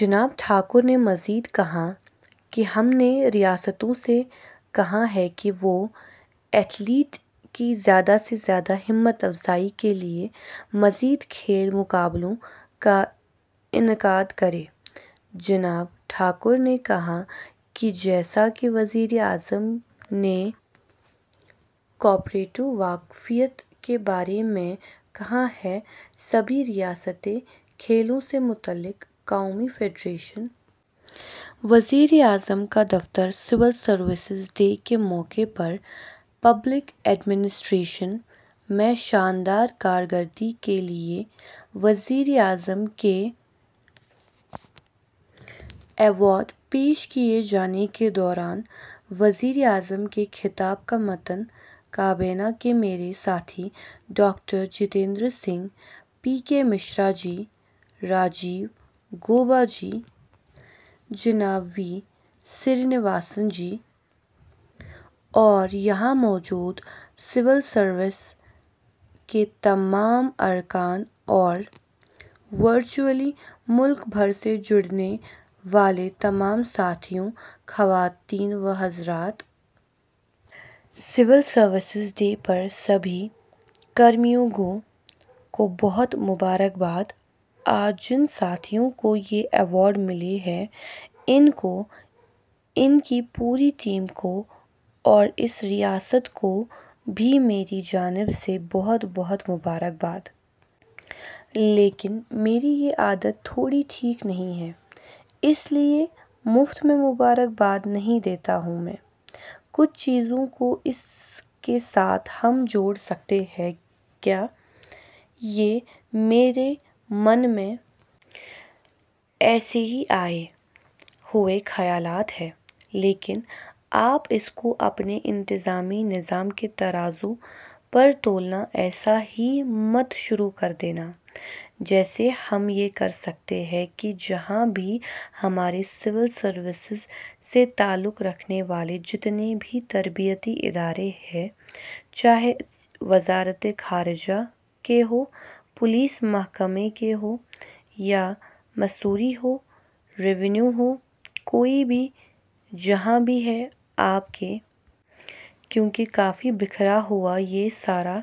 جناب ٹھاکر نے مزید کہا کہ ہم نے ریاستو سے کہا ہے کہ وہ ایتھلیٹ کی زیادہ سے زیادہ ہمت افزائی کے لیے مزید کھیل مقابلوں کا انعقد کریں۔ جناب ٹھاکر نے کہا کہ جیساکہ وزیراعظم نے کوآپریٹیو وفاقیت کے بارے میں کہا ہے سبھی ریاستیں کھیلوں سے متعلق قومی فیڈریشن ،. وزیراعظم کا دفتر سول سروسز ڈے کے موقع پر پبلک ایڈمنسٹریشن میں شاندار کارکردگی کے لئے وزیراعظم کے ایوارڈ پیش کئے جانے کے دوران وزیراعظم کے خطاب کا متن کابینہ کے میرے ساتھی ڈاکٹر جتیندر سنگھ، پی کے مشرا جی، راجیو گوبا جی، جناب وی سرینواسن جی اور یہاں موجود سول سروس کے تمام ارکان اور ورچوئلی ملک بھر سے جڑنے والے تمام ساتھیوں، خواتین و حضرات! سول سروسز ڈے پر آپ سبھی کرمیوگیوں کو بہت بہت مبارک باد۔ آج جن ساتھیوں کو یہ ایوارڈ ملے ہیں، ان کو ، ان کی پوری ٹیم کو اور اس ریاست کو بھی میری جانب سے بہت بہت مبارک باد۔ لیکن میری یہ عادت تھوڑی ٹھیک نہیں ہے اس لئے مفت میں مبارک باد نہیں دیتا ہوں میں۔ کچھ چیزوں کو اس کے ساتھ ہم جوڑ سکتے ہیں کیا؟ یہ میرے من میں ایسے ہی آئے ہوئے خیالات ہیں لیکن آپ اس کو اپنے انتظامی نظام کے ترازو پر تولنا ایسا ہی مت شروع کردینا، جیسے ہم یہ کرسکتے ہیں کہ جہاں بھی ہمارے سول سروسز سے تعلق رکھنے والے جتنے بھی تربیتی ادارے ہیں، چاہئے وزارت خارجہ کے ہوں، پولیس محکمے کے ہوں، یا مسوری ہو ، روینیو ہو ، کوئی بھی جہاں بھی ہے، آپ کے۔ کیونکہ کافی بکھرا ہوا یہ سارا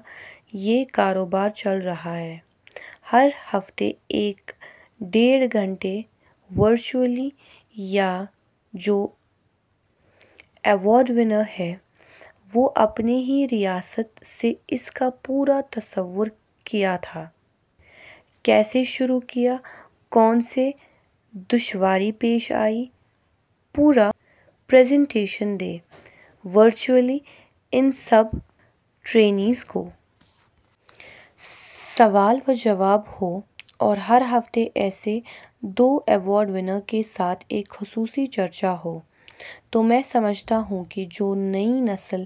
یہ کاروبار چل رہا ہے، ہر ہفتے ایک ڈیڑھ گھنٹہ ورچوئلی یہ جو ایوارڈ ونر ہیں، وہ اپنی ہی ریاست سے اس کا پورا تصور کیا تھا، کیسے شروع کیا، کون سی دشواری پیش آئی، پورا پرزنٹیشن دیں ورچوئلی ان سب ٹرینیز کو۔ سوال وجواب ہوں اور ہر ہفتے ایسے دو ایوارڈ ونر کے ساتھ اگر خصوصی چرچا ہو، تو میں سمجھتا ہوں کہ جو نئی نسل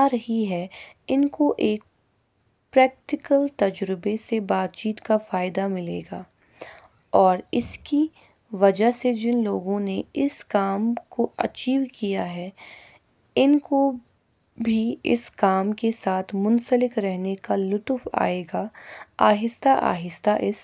آرہی ہے ، ان کو ایک پریکٹیکل تجربہ سے بات چیت کا فائدہ ملے گا اور اس کی وجہ سے جن لوگوں نے اس کام کو اچیو کیا ہے، ان کو بھی اس کام کے ساتھ منسلک رہنے کا لطف آئے گا۔ آہستہ آہستہ اس